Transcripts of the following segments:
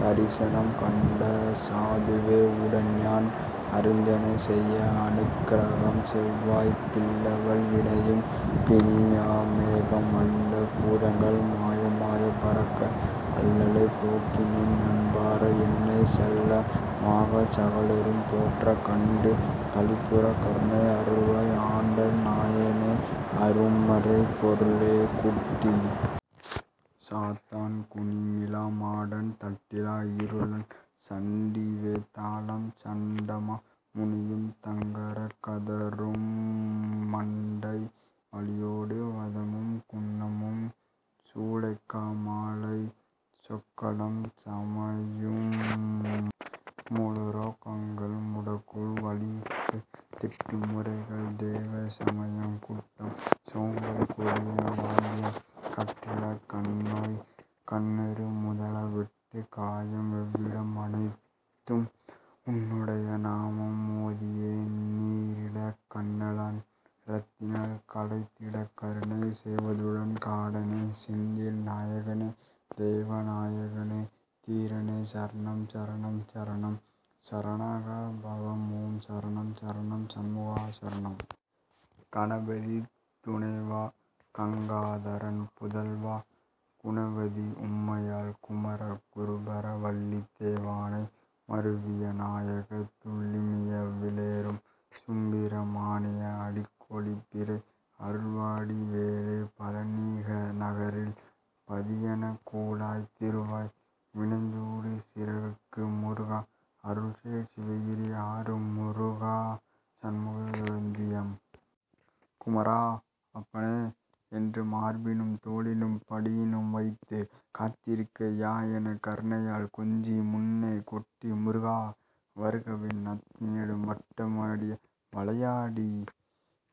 தரிசனம் கண்ட சாதுவோ உடன்யான் அருச்சனை செய்ய அனுக்ரகம் செய்வாய் பில்லிவல் வினையும் பீனிச மேகம் வல்ல பூதங்கள் மாயமாய்ப் பறக்க அல்லலைப் போக்கிநின் அன்பரொ என்னைச் சல்லாப மாகச் சகலரும் போற்ற கண்டு களிப்புறக் கருணை அருள்வாய் அண்டர் நாயகனே அருமறைப் பொருளே குட்டிச் சாத்தான் குணமிலா மாடன் தட்டிலா இருளன் சண்டிவே தாளம் சண்டமா முனியும் தக்கராக் கதரும் மண்டை வலியொடு வாதமும் குன்மமும் சூலைகா மாலை சொக்கலும் சயமும் மூலரோ கங்கள் முடக்குள் வலிப்பு திட்டு முறைகள் தெய்வத சாபம் குட்டம் சோம்பல் கொடிய வாந்தியும் கட்டிலாக் கண்ணோய் கண்ணேறு முதலா வெட்டுக் காயம் வெவ்விடம் அனைத்தும் உன்னுடை நாமம் ஓதியே நீறிடக் கன்னலொன் றதனில் களைந்திடக் கருணை செய்வதுடன் கடனே செந்தில் நாயகனே தெய்வநா யகனே தீரனே சரணம் சரணம் சரணம் சரஹண பவஓம் சரணம் சரணம் சண்முகா சரணம்! கணபதி துணைவா கங்காதரன் புதல்வா குணவதி உமையாள் குமர குருபரா வள்ளிதெய் வானை மருவிய நாயகா துள்ளிமயி லேறும் சுப்பிர மணியா அழகொளிப் பிரபை அருள்வடி வேலா பழநி நகரில் பதியனு கூலா திருவா வினன்குடி சிறக்கும் முருகா அருள்சேர் சிவகிரி ஆறு முகவா சண்முகநதியும் குமரா! அப்பனே! என்று மார்பினும் தோளினும் மடியினும் வைத்துக் கார்த்திகே யாஎனக் கருணையால் கொஞ்சி முன்னே கொட்டி முருகா! வருகவென் அந்நேரம் வட்டமிட்டாடி விளையாடித்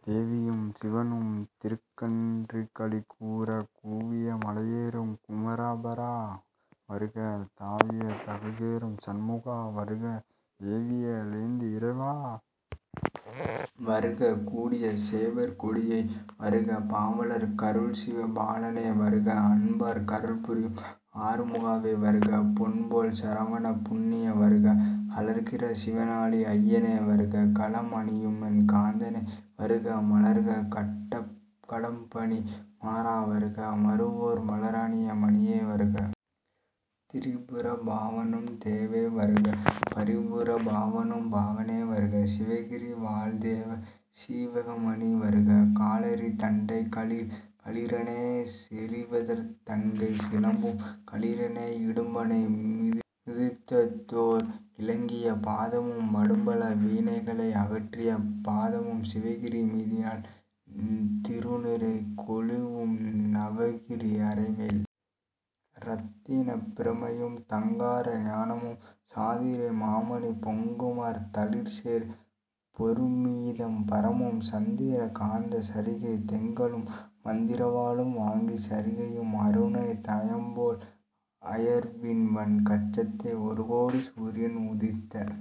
தேவியும் சிவனும் திருக்கண் களிகூரக் கூவிய மயிலேறும் குருபரா வருக தாவிய தகரேறும் சண்முகா வருக ஏவியவே லேந்தும் இறைவா வருக கூவிய சேவற் கொடியோய் வருக பாவலர்க் கருள்சிவ பாலனே வருக அன்பர்க் கருள்புரி ஆறுமுகா வருக பொன்போல் சரவணைப் புண்ணியா வருக அழகிற் சிவனொளி அய்யனே வருக கலபம் அணியுமென் கந்தனே வருக மருமலர்க் கடம்பணி மார்பா வருக மருவுவோர் மலரணி மணியே வருக திரிபுர பவனெனும் தேவே வருக பரிபுர பவனெனும் பவனே வருக சிவகிரி வாழ்தெய்வ சிகாமணி வருக காலிற் தண்டை கலீர் கலீரென சேலிற்சதங்கை சிலம்பு கலீரென இடும்பனை மிதித்ததோர் இலங்கிய பாதமும் அடும்பல வினைகளை அகற்றிய பாதமும் சிவகிரி மீதினில் திருநிறை கொலுவும் நவகிரி அரைமேல் இரத்தினப் பிரபையும் தங்கரை ஞாணும் சாதிரை மாமணி பொங்குமாந் தளிர்சேர் பொற்பீதாம் பரமும் சந்திர காந்தச் சரிகைத் தொங்கலும் மந்திரவாளும் வங்கிச் சரிகையும் அருணோ தயம்போல் அவிர்வன் கச்சையும் ஒருகோடி சூரியன் உதித்த